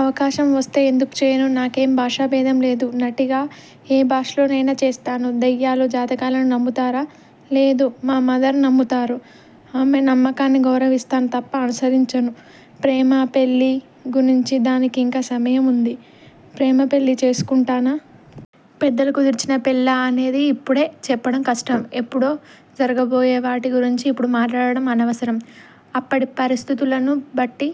అవకాశం వస్తే ఎందుకు చేయను? నాకేమీ భాషా బేధం లేదు. నటిగా ఏ భాషలోనైనా చేస్తాను. దెయ్యాలు, జాతకాలను నమ్ముతారా? లేదు. మా మదర్ నమ్ముతారు. ఆమె నమ్మకాన్ని గౌరవిస్తాను తప్ప అనుసరించను. ప్రేమా, పెళ్ళి గురించి దానికి ఇంకా సమయం ఉంది. ప్రేమ పెళ్ళి చేసుకుంటానా? పెద్దలు కుదిర్చిన పెళ్ళా అనేది ఇప్పుడే చెప్పడం కష్టం. ఎప్పుడో జరగబోయే వాటి గురించి ఇప్పుడు మాట్లాడడం అనవసరం. అప్పటి పరిస్థుతులను బట్టి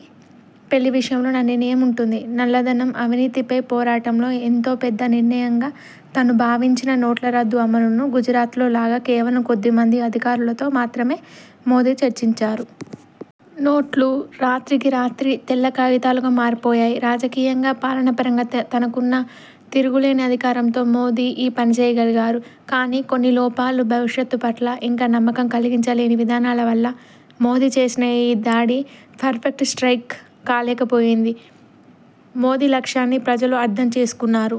పెళ్ళి విషయంలో నా నిర్ణయం ఉంటుంది. నల్లధనం, అవినీతిపై పోరాటంలో ఎంతో పెద్ద నిర్ణయంగా తాను భావించిన నోట్ల రద్దు అమలును గుజరాత్లో లాగా కేవలం కొద్దిమంది అధికారులతో మాత్రమే మోదీ చర్చించారు. నోట్లు రాత్రికి రాత్రి తెల్లకాగితాలుగా మారిపోయాయి. రాజకీయంగా, పాలనాపరంగా తనకున్న తిరుగులేని అధికారంతో మోదీ ఈ పనిచేయగలిగారు. కానీ కొన్ని లోపాలు, భవిష్యత్తు పట్ల ఇంకా నమ్మకం కలిగించలేని విధానాల వల్ల మోదీ చేసిన ఈ దాడి పర్ఫెక్ట్ స్ట్రైక్ కాలేకపోయింది. మోదీ లక్ష్యాన్ని ప్రజలు అర్థం చేసుకున్నారు.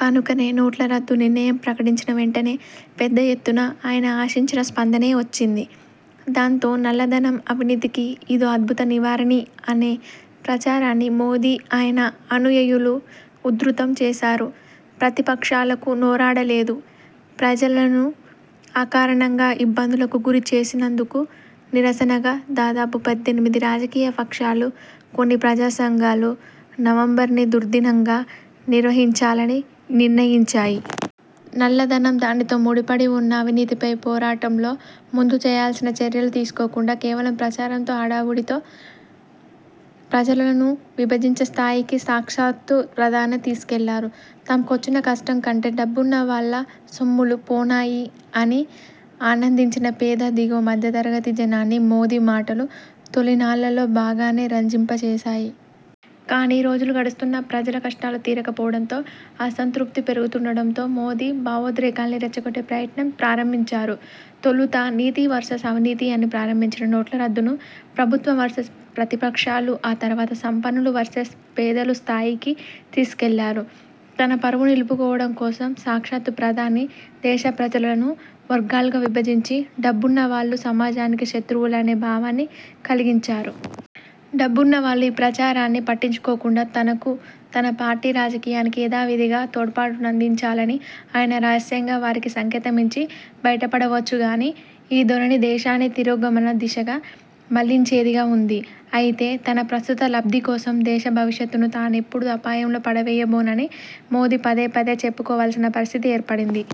కనుకనే నోట్ల రద్దు నిర్ణయం ప్రకటించిన వెంటనే పెద్దఎత్తున ఆయన ఆశించిన స్పందనే వచ్చింది. దాంతో నల్లధనం, అవినీతికి ఇదో అద్భుత నివారిణి అనే ప్రచారాన్ని మోదీ, ఆయన అనుయాయులు ఉధృతం చేశారు. ప్రతిపక్షాలకు నోరాడలేదు. ప్రజలను అకారణంగా ఇబ్బందులకు గురిచేసినందుకు నిరసనగా దాదాపు పద్దెనిమిది రాజకీయ పక్షాలు, కొన్ని ప్రజాసంఘాలు నవంబర్ ని దుర్దినంగా నిర్వహించాలని నిర్ణయించాయి. నల్లధనం, దానితో ముడిపడి వున్న అవినీతిపై పోరాటంలో ముందు చేయాల్సిన చర్యలు తీసుకోకుండా కేవలం ప్రచారంతో హడావుడితో ప్రజలను విభజించే స్థాయికి సాక్షాత్తూ ప్రధానే తీసుకెళ్లారు. తమకొచ్చిన కష్టం కంటే డబ్బున్న వాళ్ళ సొమ్ములు పోనాయి అని ఆనందించిన పేద, దిగువ మధ్యతరగతి జనాన్ని మోదీ మాటలు తొలినాళ్లలో బాగానే రంజింపచేశాయి. కానీ రోజులు గడుస్తున్నా ప్రజల కష్టాలు తీరకపోవడంతో అసంతృప్తి పెరుగుతుండడంతో మోదీ భావోద్రేకాల్ని రెచ్చగొట్టే ప్రయత్నం ప్రారంభించారు. తొలుత నీతి వర్సెస్ అవినీతి అని ప్రారంభించిన నోట్ల రద్దును, ప్రభుత్వం వర్సెస్ ప్రతిపక్షాలు, ఆ తరువాత సంపన్నులు వర్సెస్ పేదలు స్థాయికి తీసుకెళ్లారు. తన పరువు నిలుపుకోవడం కోసం సాక్షాత్తూ ప్రధాని దేశ ప్రజలను వర్గాలుగా విభజించి, డబ్బున్నవాళ్ళు సమాజానికి శత్రువులనే భావాన్ని కలిగించారు. డబ్బున్నవాళ్ళు ఈ ప్రచారాన్ని పట్టించుకోకుండా తనకు, తన పార్టీ రాజకీయానికి యథావిధిగా తోడ్పాటునందించాలని ఆయన రహస్యంగా వారికి సంకేతమిచ్చి బైటపడవచ్చు గానీ, ఈ ధోరణి దేశాన్ని తిరోగమన దిశగా మళ్లించేదిగా ఉంది. అయితే తన ప్రస్తుత లబ్ధి కోసం దేశ భవిష్యత్తును తానెప్పుడూ అపాయంలో పడవేయబోనని మోదీ పదేపదే చెప్పుకోవలసిన పరిస్థితి ఏర్పడింది.